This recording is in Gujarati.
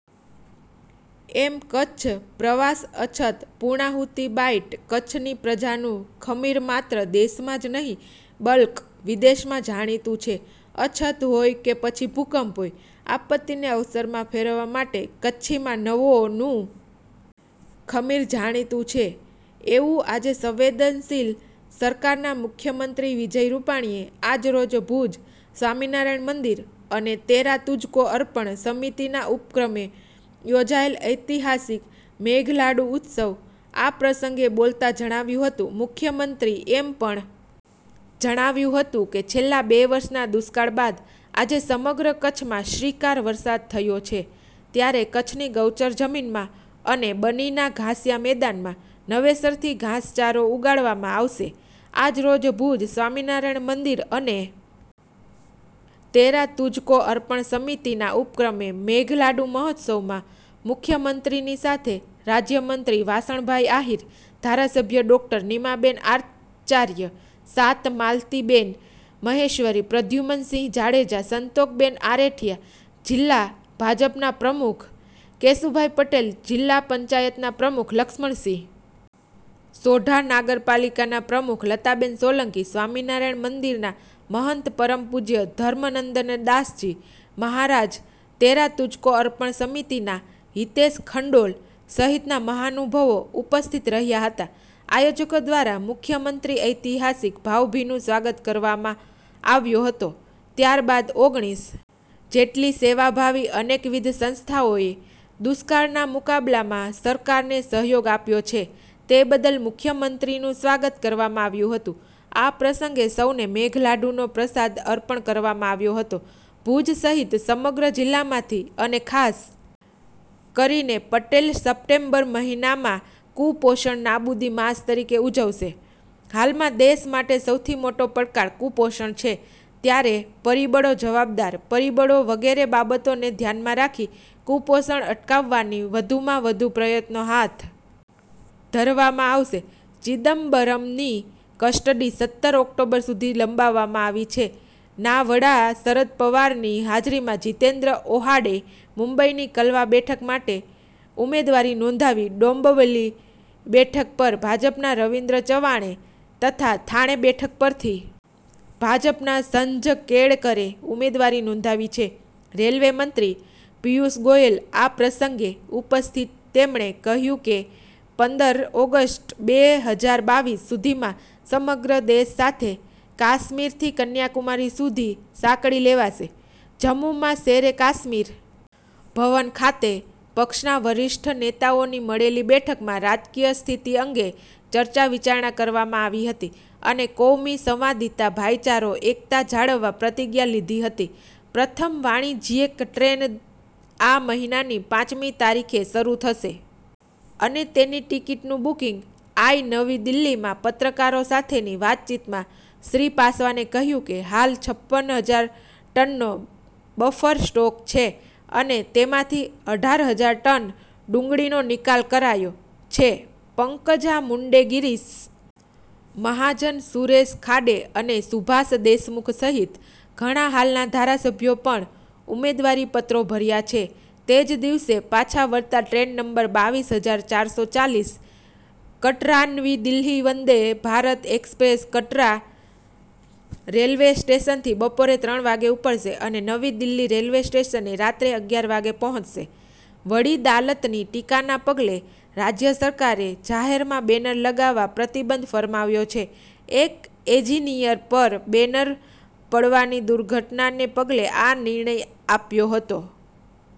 એમ કરછ પ્રવાસ અછત પુર્ણાહુતી બાઈટ કચ્છની પ્રજા નું ખમીર માત્ર દેશમાં જ નહીં બલ્ક વિદેશમાં જાણીતું છે અછત હોય કે પછી ભૂકંપ હોય આપત્તિને અવસર માં ફેરવવા માટે કચ્છી મા નવો નું ખમીર જાણીતું છે એવું આજે સંવેદનશીલ સરકાર ના મુખ્યમંત્રી વિજય રૂપાણીએ આજરોજ ભુજ સ્વામિનારાયણ મંદિર અને તેરા તુજકો અર્પણ સમિતિના ઉપક્રમે યોજાયેલ ઐતિહાસિક મેઘલાડુ ઉત્સવ આ પ્રસંગે બોલતા જણાવ્યું હતું મુખ્યમંત્રી એમ પણ જણાવ્યું હતું કે છેલ્લા બે વર્ષના દુષ્કાળ બાદ આજે સમગ્ર કચ્છમાં શ્રીકાર વરસાદ થયો છે ત્યારે કચ્છની ગૌચર જમીનમાં અને બની ના ઘાસિયા મેદાનમાં નવેસરથી ઘાસચારો ઉગાડવામાં આવશે આજરોજ ભુજ સ્વામિનારાયણ મંદિર અને તેરા તુજકો અર્પણ સમિતિના ઉપક્રમે મેઘલાડુ મહોત્સવમાં મુખ્યમંત્રી ની સાથે રાજ્યમંત્રી વાસણભાઇ આહિર ધારાસભ્ય ડોક્ટર નિમાબેન આચાર્ય સાત માલતીબેન મહેશ્વરી પ્રદ્યુમનસિંહ જાડેજા સંતોકબેન આરેઠીયા જિલ્લા ભાજપના પ્રમુખ કેશુભાઇ પટેલ જિલ્લા પંચાયતના પ્રમુખ લક્ષ્મણસિંહ સોઢા નગરપાલિકાના પ્રમુખ લતાબેન સોલંકી સ્વામિનારાયણ મંદિરના મહંત પરમપૂજ્ય ધર્મનંદનદાસજી મહારાજતેરા તુજકો અર્પણ સમિતિ ના હિતેશ ખંડોલ સહિતના મહાનુભાવો ઉપસ્થિત રહ્યા હતા આયોજકો દ્વારા મુખ્યમંત્રી ઐતિહાસિક ભાવભીનું સ્વાગત કરવામાં આવ્યો હતો ત્યારબાદ ઓગણિસ જેટલી સેવાભાવી અનેકવિધ સંસ્થાઓએ દુષ્કાળના મુકાબલામાં સરકાર ને સહયોગ આપ્યો છે તે બદલ મુખ્યમંત્રીનું સ્વાગત કરવામાં આવ્યું હતું આ પ્રસંગે સૌને મેઘલાડુનો પ્રસાદ અર્પણ કરવામાં આવ્યો હતો ભુજ સહિત સમગ્ર જિલ્લામાંથી અને ખાસ કરીને પટેલ સપ્ટેમ્બર મહિનામાં કુપોષણ નાબુદી માસ તરીકે ઉજવશે હાલમાં દેશ માટે સૌથી મોટો પડકાર કુપોષણ છે ત્યારે પરિબળો જવાબદાર પરિબળો વગેરે બાબતો ને ધ્યાન માં રાખી કુપોષણ અટકાવવાની વધુમાં વધુ પ્રયત્નો હાથ ધરવામાં આવશે ચિદમ્બરમની કસ્ટડી સત્તર ઓક્ટોબર સુધી લંબાવવામાં આવી છે ના વડા શરદ પવારની હાજરીમાં જીતેન્દ્ર ઔહાડે મુંબઇની કલવા બેઠક માટે ઉમેદવારી નોંધાવી ડોંબવલી બેઠક પર ભાજપના રવીન્દ્ર ચવાણે તથા થાણે બેઠક પરથી ભાજપના સંજ કેળકરે ઉમેદવારી નોંધાવી છે રેલવે મંત્રી પિયુષ ગોયલ આ પ્રસંગે ઉપસ્થિત તેમણે કહ્યું કે પંદર ઓગસ્ટ બે હજાર બાવીસ સુધીમાં સમગ્ર દેશ સાથે કાશ્મીરથી કન્યાકુમારી સુધી સાંકળી લેવાશે જમ્મુમાં શેરે કાશમીર ભવન ખાતે પક્ષના વરિષ્ઠ નેતાઓની મળેલી બેઠકમાં રાજકીય સ્થિતિ અંગે ચર્ચા વિચારણા કરવામાં આવી હતી અને કૌમી સંવાદીતા ભાઈચારો એકતા જાળવવા પ્રતિજ્ઞા લીધી હતી પ્રથમ વાણીજયીક ટ્રેન આ મહિનાની પાંચમી તારીખે શરૂ થશે અને તેની ટીકીટનું બુકીંગ આઇ નવી દિલ્હીમાં પત્રકારો સાથેની વાતચીતમાં શ્રી પાસવાને કહ્યું કે હાલ છપ્પન હજાર ટનનો બફર સ્ટોક છે અને તેમાંથી અઢાર હજાર ટન ડુંગળીનો નિકાલ કરાયો છે પંકજા મુંડે ગીરીશ મહાજન સુરેશ ખાડે અને સુભાષ દેશમુખ સહિત ઘણા હાલના ઘારાસભ્યો પણ ઉમેદવારીપત્રો ભર્યા છે તે જ દિવસે પાછા વળતા ટ્રેન નંબર બાવીસ હજાર ચાર સો ચાલીસ કટરાનવી દિલ્હી વંદે ભારત એક્સપ્રેસ કટરા રેલવે સ્ટેશનથી બપોરે ત્રણ વાગે ઉપડશે અને નવી દિલ્હી રેલવે સ્ટેશને રાત્રે અગિયાર વાગે પહોંચશે વડી દાલતની ટીકાના પગલે રાજ્ય સરકારે જાહેરમાં બેનર લગાવવા પ્રતિબંધ ફરમાવ્યો છે એક એજીનીયર પર બેનર પડવાની દુર્ધટનાને પગલે આ નિર્ણય આપ્યો હતો.